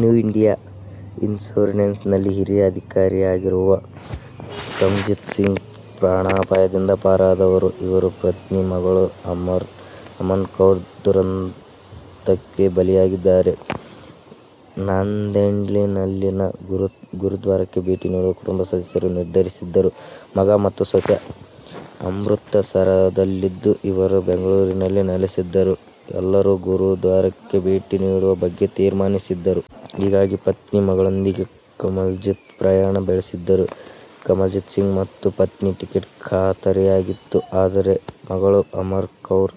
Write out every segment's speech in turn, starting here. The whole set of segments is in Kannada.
ನ್ಯೂ ಇಂಡಿಯಾ ಇನ್ಸೂರೆನ್ಸ್ನಲ್ಲಿ ಹಿರಿಯ ಅಧಿಕಾರಿಯಾಗಿರುವ ಕಮಲ್ಜಿತ್ ಸಿಂಗ್ ಪ್ರಾಣಾಪಾಯದಿಂದ ಪಾರಾದವರು. ಇವರ ಪತ್ನಿ, ಮಗಳು ಅಮನ್ ಕೌರ್ ದುರಂತಕ್ಕೆ ಬಲಿಯಾಗಿದ್ದಾರೆ. ನಾಂದೇಡ್ನಲ್ಲಿನ ಗುರುದ್ವಾರಕ್ಕೆ ಭೇಟಿ ನೀಡಲು ಕುಟುಂಬ ಸದಸ್ಯರು ನಿರ್ಧರಿಸಿದ್ದರು. ಮಗ ಮತ್ತು ಸೊಸೆ ಅಮೃತಸರದಲ್ಲಿದ್ದು, ಇವರು ಬೆಂಗಳೂರಿನಲ್ಲಿ ನೆಲೆಸಿದ್ದರು. ಎಲ್ಲರೂ ಗುರುದ್ವಾರಕ್ಕೆ ಭೇಟಿ ನೀಡುವ ಬಗ್ಗೆ ತೀರ್ಮಾನಿಸಿದ್ದರು. ಹೀಗಾಗಿ ಪತ್ನಿ, ಮಗಳೊಂದಿಗೆ ಕಮಲ್ಜಿತ್ ಪ್ರಯಾಣ ಬೆಳೆಸಿದ್ದರು. ಕಮಲ್ಜಿತ್ ಸಿಂಗ್ ಮತ್ತು ಪತ್ನಿ ಟಿಕೆಟ್ ಖಾತರಿಯಾಗಿತ್ತು. ಆದರೆ, ಮಗಳು ಅಮನ್ ಕೌರ್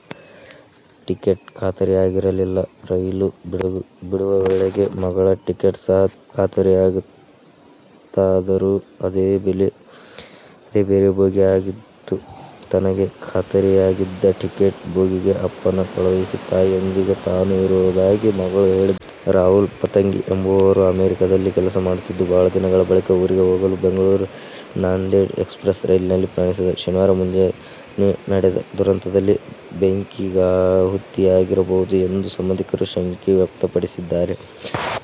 ಟಿಕೆಟ್ ಖಾತರಿಯಾಗಿರಲಿಲ್ಲ. ರೈಲು ಬಿಡುವ ವೇಳೆಗೆ ಮಗಳ ಟಿಕೆಟ್ ಸಹ ಖಾತರಿಯಾಗಿತ್ತಾದರೂ ಅದು ಬೇರೆ ಬೋಗಿಯದಾಗಿತ್ತು. ತನಗೆ ಖಾತರಿಯಾಗಿದ್ದ ಟಿಕೆಟ್ನ ಬೋಗಿಗೆ ಅಪ್ಪನನ್ನು ಕಳುಹಿಸಿ ತಾಯಿಯೊಂದಿಗೆ ತಾನು ಇರುವುದಾಗಿ ಮಗಳು ಹೇಳಿದ್ದಳು. ರಾಹುಲ್ ಪತಂಗಿ ಎಂಬುವವರು ಅಮೆರಿಕದಲ್ಲಿ ಕೆಲಸ ಮಾಡುತ್ತಿದ್ದು, ಬಹಳ ದಿನಗಳ ಬಳಿಕ ಊರಿಗೆ ಹೋಗಲು ಬೆಂಗಳೂರು-ನಾಂದೇಡ್ ಎಕ್ಸ್ಪ್ರೆಸ್ ರೈಲಿನಲ್ಲಿ ಪ್ರಯಾಣಿಸಿದ್ದರು. ಶನಿವಾರ ಮುಂಜಾನೆ ನಡೆದ ದುರಂತದಲ್ಲಿ ಬೆಂಕಿಗಾಹುತಿಯಾಗಿರಬಹುದು ಎಂದು ಸಂಬಂಧಿಕರು ಶಂಕೆ ವ್ಯಕ್ತಪಡಿಸಿದ್ದಾರೆ.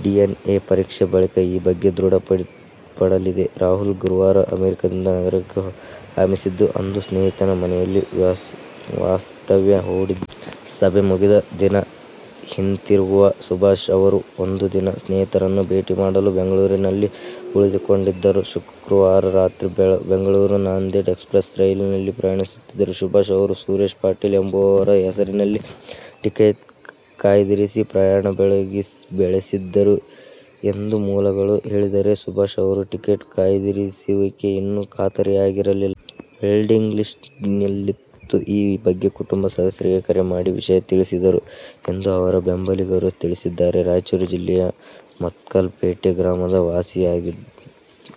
ಡಿಎನ್ಎ ಪರೀಕ್ಷೆ ಬಳಿಕ ಈ ಬಗ್ಗೆ ದೃಢ ಪಡಲಿದೆ. ರಾಹುಲ್ ಗುರುವಾರ ಅಮೆರಿಕಾದಿಂದ ನಗರಕ್ಕೆ ಆಗಮಿಸಿದ್ದು, ಅಂದು ಸ್ನೇಹಿತನ ಮನೆಯಲ್ಲಿ ವಾಸ್ತವ್ಯ ಹೂಡಿದ್ದ. ಸಭೆ ಮುಗಿಸಿದ ದಿನ ಹಿಂತಿರುಗದ ಸುಭಾಷ್ ಅವರು ಒಂದು ದಿನ ಸ್ನೇಹಿತರನ್ನು ಭೇಟಿ ಮಾಡಲು ಬೆಂಗಳೂರಿನಲ್ಲಿ ಉಳಿದುಕೊಂಡಿದ್ದರು. ಶುಕ್ರವಾರ ರಾತ್ರಿ ಬೆಂಗಳೂರು-ನಾಂದೇಡ್ ಎಕ್ಸ್ಪ್ರೆಸ್ ರೈಲಿನಲ್ಲಿ ಪ್ರಯಾಣಿಸಿದ್ದರು. ಸುಭಾಷ್ ಅವರು ಸುರೇಶ್ ಪಾಟೀಲ್ ಎಂಬುವವರ ಹೆಸರಲ್ಲಿ ಟಿಕೆಟ್ ಕಾಯ್ದಿರಿಸಿ ಪ್ರಯಾಣ ಬೆಳೆಸಿದ್ದರು ಎಂದು ಮೂಲಗಳು ಹೇಳಿದರೆ, ಸುಭಾಷ್ ಅವರ ಟಿಕೆಟ್ ಕಾಯ್ದಿರಿಸುವಿಕೆ ಇನ್ನು ಖಾತರಿಯಾಗಿರಲಿಲ್ಲ. ವೇಟಿಂಗ್ ಲಿಸ್ಟ್ನಲ್ಲಿತ್ತು. ಈ ಬಗ್ಗೆ ಕುಟುಂಬ ಸದಸ್ಯರಿಗೆ ಕರೆ ಮಾಡಿ ವಿಷಯ ತಿಳಿಸಿದ್ದರು ಎಂದು ಅವರ ಬೆಂಬಲಿಗರು ತಿಳಿಸಿದ್ದಾರೆ. ರಾಯಚೂರು ಜಿಲ್ಲೆಯ ಮತ್ಕಲ್ ಪೇಟೆ ಗ್ರಾಮದ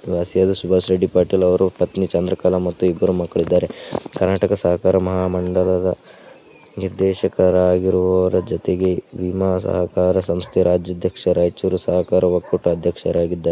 ನಿವಾಸಿಯಾದ ಸುಭಾಷ್ ರೆಡ್ಡಿ ಪಾಟೀಲ್ ಅವರಿಗೆ ಪತ್ನಿ ಚಂದ್ರಕಲಾ ಮತ್ತು ಇಬ್ಬರು ಮಕ್ಕಳಿದ್ದಾರೆ. ಕರ್ನಾಟಕ ಸಹಕಾರ ಮಹಾಮಂಡಲದ ನಿರ್ದೇಶಕರಾಗಿರುವುದರ ಜತೆಗೆ ವಿಮಾ ಸಹಕಾರ ಸಂಸ್ಥೆ ರಾಜ್ಯಾಧ್ಯಕ್ಷ, ರಾಯಚೂರು ಸಹಕಾರ ಒಕ್ಕೂಟ ಅಧ್ಯಕ್ಷರಾಗಿದ್ದಾರೆ.